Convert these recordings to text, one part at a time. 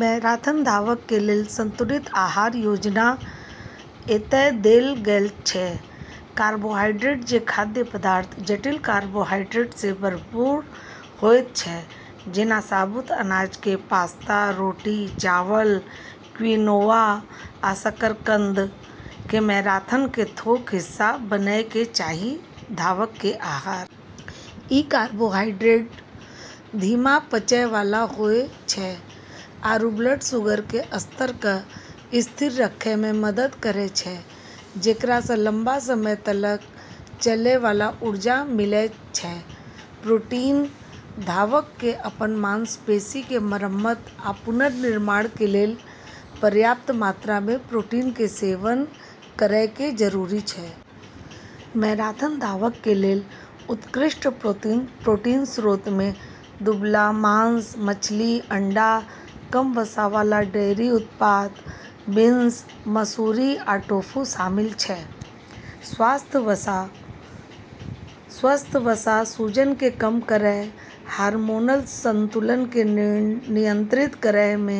Marathon धावक के लेल संतुलित आहार योजना एतय देल गेल छै: कार्बोहाइड्रेट: जे खाद्य पदार्थ जटिल कार्बोहाइड्रेट सँ भरपूर होइत छै- जेना साबुत अनाज के पास्ता, रोटी, चावल, क्विनोआ, आ शकरकंद, के मैराथन के थोक हिस्सा बनय के चाही धावक के आहार। ई कार्बोहाइड्रेट धीमा पचय वाला होय छै आरू ब्लड शुगर के स्तर क॑ स्थिर रखै म॑ मदद करै छै, जेकरा स॑ लंबा समय तलक चलै वाला ऊर्जा मिलै छै। प्रोटीन: धावक के अपन मांसपेशी के मरम्मत आ पुनर्निर्माण के लेल पर्याप्त मात्रा मे प्रोटीन के सेवन करय के जरूरत छै। मैराथन धावक के लेल उत्कृष्ट प्रोटीन स्रोत मे दुबला मांस, मछली, अंडा, कम वसा वाला डेयरी उत्पाद, बीन्स, मसुरी, आ टोफू शामिल छै। स्वस्थ वसा: स्वस्थ वसा सूजन के कम करय, हार्मोनल संतुलन के नियंत्रित करय मे,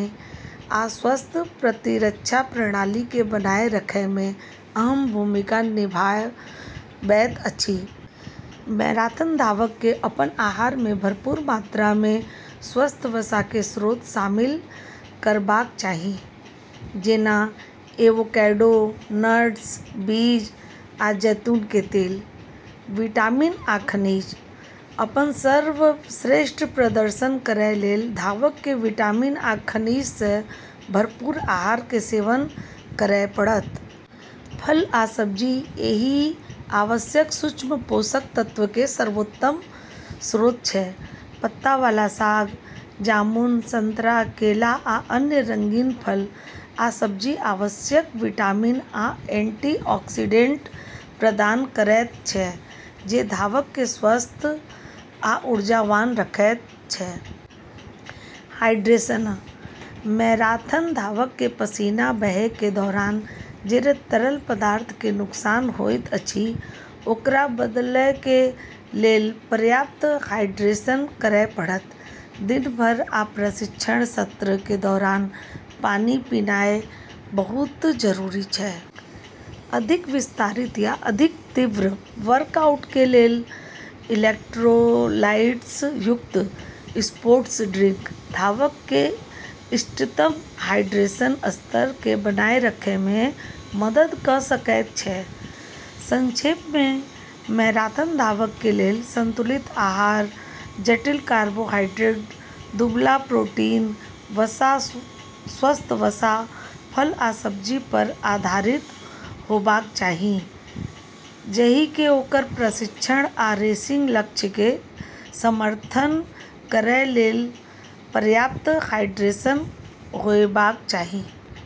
आ स्वस्थ प्रतिरक्षा प्रणाली के बनाए रखय मे अहम भूमिका निभाबैत अछि। मैराथन धावक के अपन आहार मे भरपूर मात्रा मे स्वस्थ वसा के स्रोत शामिल करबाक चाही, जेना एवोकैडो, नट्स, बीज, आ जैतून के तेल। विटामिन आ खनिज: अपन सर्वश्रेष्ठ प्रदर्शन करय लेल धावक के विटामिन आ खनिज सँ भरपूर आहार के सेवन करय पड़त। फल आ सब्जी एहि आवश्यक सूक्ष्म पोषक तत्व के सर्वोत्तम स्रोत छै। पत्ता वाला साग, जामुन, संतरा, केला, आ अन्य रंगीन फल आ सब्जी आवश्यक विटामिन आ एंटीऑक्सीडेंट प्रदान करैत छै जे धावक के स्वस्थ आ ऊर्जावान रखैत छै। हाइड्रेशन: मैराथन धावक के पसीना बहय के दौरान जे तरल पदार्थ के नुकसान होइत अछि ओकरा बदलय के लेल पर्याप्त हाइड्रेशन करय पड़त। दिन भर आ प्रशिक्षण सत्र के दौरान पानी पीनाय बहुत जरूरी छै। अधिक विस्तारित या अधिक तीव्र वर्कआउट के लेल, इलेक्ट्रोलाइट्स युक्त स्पोर्ट्स ड्रिंक धावक के इष्टतम हाइड्रेशन स्तर के बनाए रखय मे मदद कऽ सकय छै। संक्षेप मे, मैराथन धावक के लेल संतुलित आहार जटिल कार्बोहाइड्रेट, दुबला प्रोटीन, स्वस्थ वसा, फल, आ सब्जी पर आधारित होबाक चाही, जहि मे ओकर प्रशिक्षण आ रेसिंग लक्ष्य के समर्थन करय के लेल पर्याप्त हाइड्रेशन होयबाक चाही।